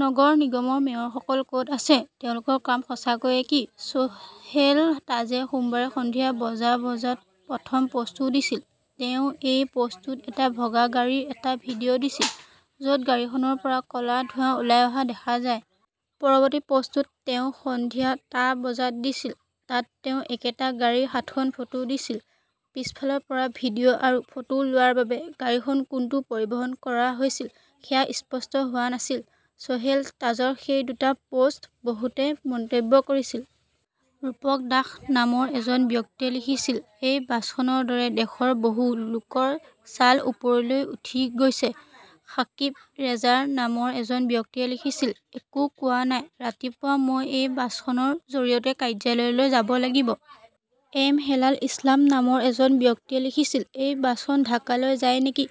নগৰ নিগমৰ মেয়ৰসকল ক "ত আছে? তেওঁলোকৰ কাম সঁচাকৈয়ে কি? 'চোহেল তাজে সোমবাৰে সন্ধিয়া বজা বজাত প্ৰথম পোষ্টটো দিছিল। তেওঁ এই পোষ্টটোত এটা ভঙা গাড়ীৰ এটা ভিডিঅ "দিছিল। য 'ত গাড়ীখনৰ পৰা ক' লা ধোঁৱা ওলাই অহা দেখা যায়। পৰৱৰ্তী পোষ্টটো তেওঁ সন্ধিয়া টা বজাত দিছিল। তাত তেওঁ একেটা গাড়ীৰ সাতখন ফটো দিছিল। পিছফালৰ পৰা ভিডিঅ 'আৰু ফটো লোৱাৰ বাবে গাড়ীখন কোনটো পৰিবহণ কৰা হৈছিল সেয়া স্পষ্ট হোৱা নাছিল। চোহেল তাজৰ সেই দুটা পোষ্টত বহুতে মন্তব্য কৰিছিল। ৰূপক দাস নামৰ এজন ব্যক্তিয়ে লিখিছিল, "এই বাছখনৰ দৰে দেশৰ বহু লোকৰ ছাল ওপৰলৈ উঠি গৈছে! " 'সাকিব ৰেজা নামৰ এজন ব্যক্তিয়ে লিখিছিল,' একো কোৱা নাই। ৰাতিপুৱা মই এই বাছখনৰ জৰিয়তে কাৰ্যালয়লৈ যাব লাগিব। 'এম হেলাল ইছলাম নামৰ এজন ব্যক্তিয়ে লিখিছিল,' এই বাছখন ঢাকালৈ যায় নেকি?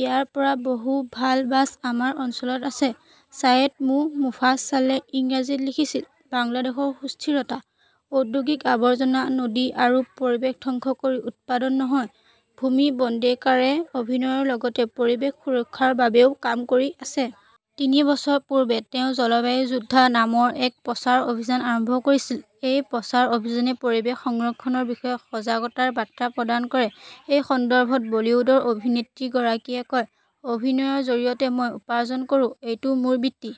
ইয়াৰ পৰা বহু ভাল বাছ আমাৰ অঞ্চলত চলে! "ছায়েদ মো. মোফাছালে ইংৰাজীত লিখিছিল, 'বাংলাদেশৰ সুস্থতা "। ঔদ্যোগিক আৱৰ্জনা নদী আৰু পৰিৱেশ ধ্বংস কৰি উৎপাদন নহয় ভূমি বদ্নেকাৰে অভিনয়ৰ লগতে পৰিৱেশ সুৰক্ষাৰ বাবেও কাম কৰি আছে। তিনি বছৰ পূৰ্বে তেওঁ জলবায়ু যোদ্ধা নামৰ এক প্ৰচাৰ অভিযান আৰম্ভ কৰিছিল। এই প্ৰচাৰ অভিযানে পৰিৱেশ সংৰক্ষণৰ বিষয়ে সজাগতাৰ বাৰ্তা প্ৰদান কৰে। এই সন্দৰ্ভত বলীউডৰ অভিনেত্ৰীগৰাকীয়ে কয়, "অভিনয়ৰ জৰিয়তে মই উপাৰ্জন কৰোঁ। এইটো মোৰ বৃত্তি।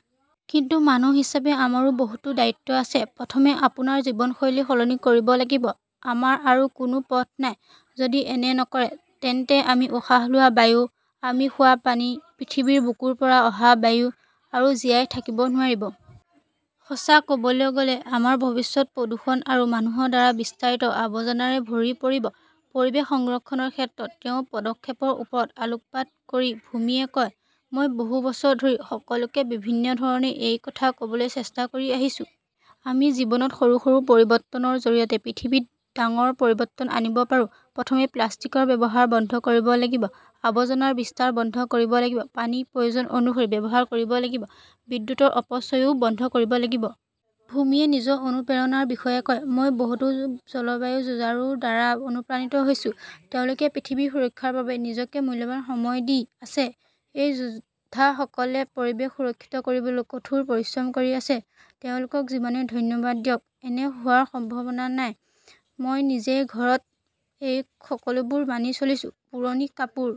কিন্তু মানুহ হিচাপে আমাৰো বহুতো দায়িত্ব আছে। প্ৰথমে আপোনাৰ জীৱনশৈলী সলনি কৰিব লাগিব। আমাৰ আৰু কোনো পথ নাই। যদি এনে নকৰে, তেন্তে আমি উশাহ লোৱা বায়ু, আমি খোৱা পানী, পৃথিৱীৰ বুকুৰ পৰা অহা বায়ু আৰু জীয়াই থাকিব নোৱাৰিব। সঁচা ক "বলৈ গ" লে, আমাৰ ভৱিষ্যত প্ৰদূষণ আৰু মানুহৰ দ্বাৰা বিস্তাৰিত আৱৰ্জনাৰে ভৰি পৰিব। 'পৰিৱেশ সংৰক্ষণৰ ক্ষেত্ৰত তেওঁৰ পদক্ষেপৰ ওপৰত আলোকপাত কৰি ভূমিয়ে কয়,' মই বহু বছৰ ধৰি সকলোকে বিভিন্ন ধৰণে এই কথা ক 'বলৈ চেষ্টা কৰি আহিছো। আমি জীৱনত সৰু সৰু পৰিৱৰ্তনৰ জৰিয়তে পৃথিৱীত ডাঙৰ পৰিৱৰ্তন আনিব পাৰোঁ। প্ৰথমে প্লাষ্টিকৰ ব্যৱহাৰ বন্ধ কৰিব লাগিব। আৱৰ্জনাৰ বিস্তাৰ বন্ধ কৰিব লাগিব। পানী প্ৰয়োজন অনুসৰি ব্যৱহাৰ কৰিব লাগিব। বিদ্যুৎৰ অপচয়ও বন্ধ কৰিব লাগিব। 'ভূমিৱে নিজৰ অনুপ্ৰেৰণাৰ বিষয়ে কয়,' মই বহুতো জলবায়ু যুঁজাৰুৰ দ্বাৰা অনুপ্ৰাণিত হৈছো। তেওঁলোকে পৃথিৱীৰ সুৰক্ষাৰ বাবে নিজকে মূল্যৱান সময় দি আছে। এই যোদ্ধাসকলে পৰিৱেশ সুৰক্ষিত কৰিবলৈ কঠোৰ পৰিশ্ৰম কৰি আছে। তেওঁলোকক যিমানেই ধন্যবাদ দিয়ক, এনে হোৱাৰ সম্ভাৱনা কম। মই নিজেই ঘৰত এই সকলোবোৰ মানি চলিছোঁ। পুৰণি কাপোৰ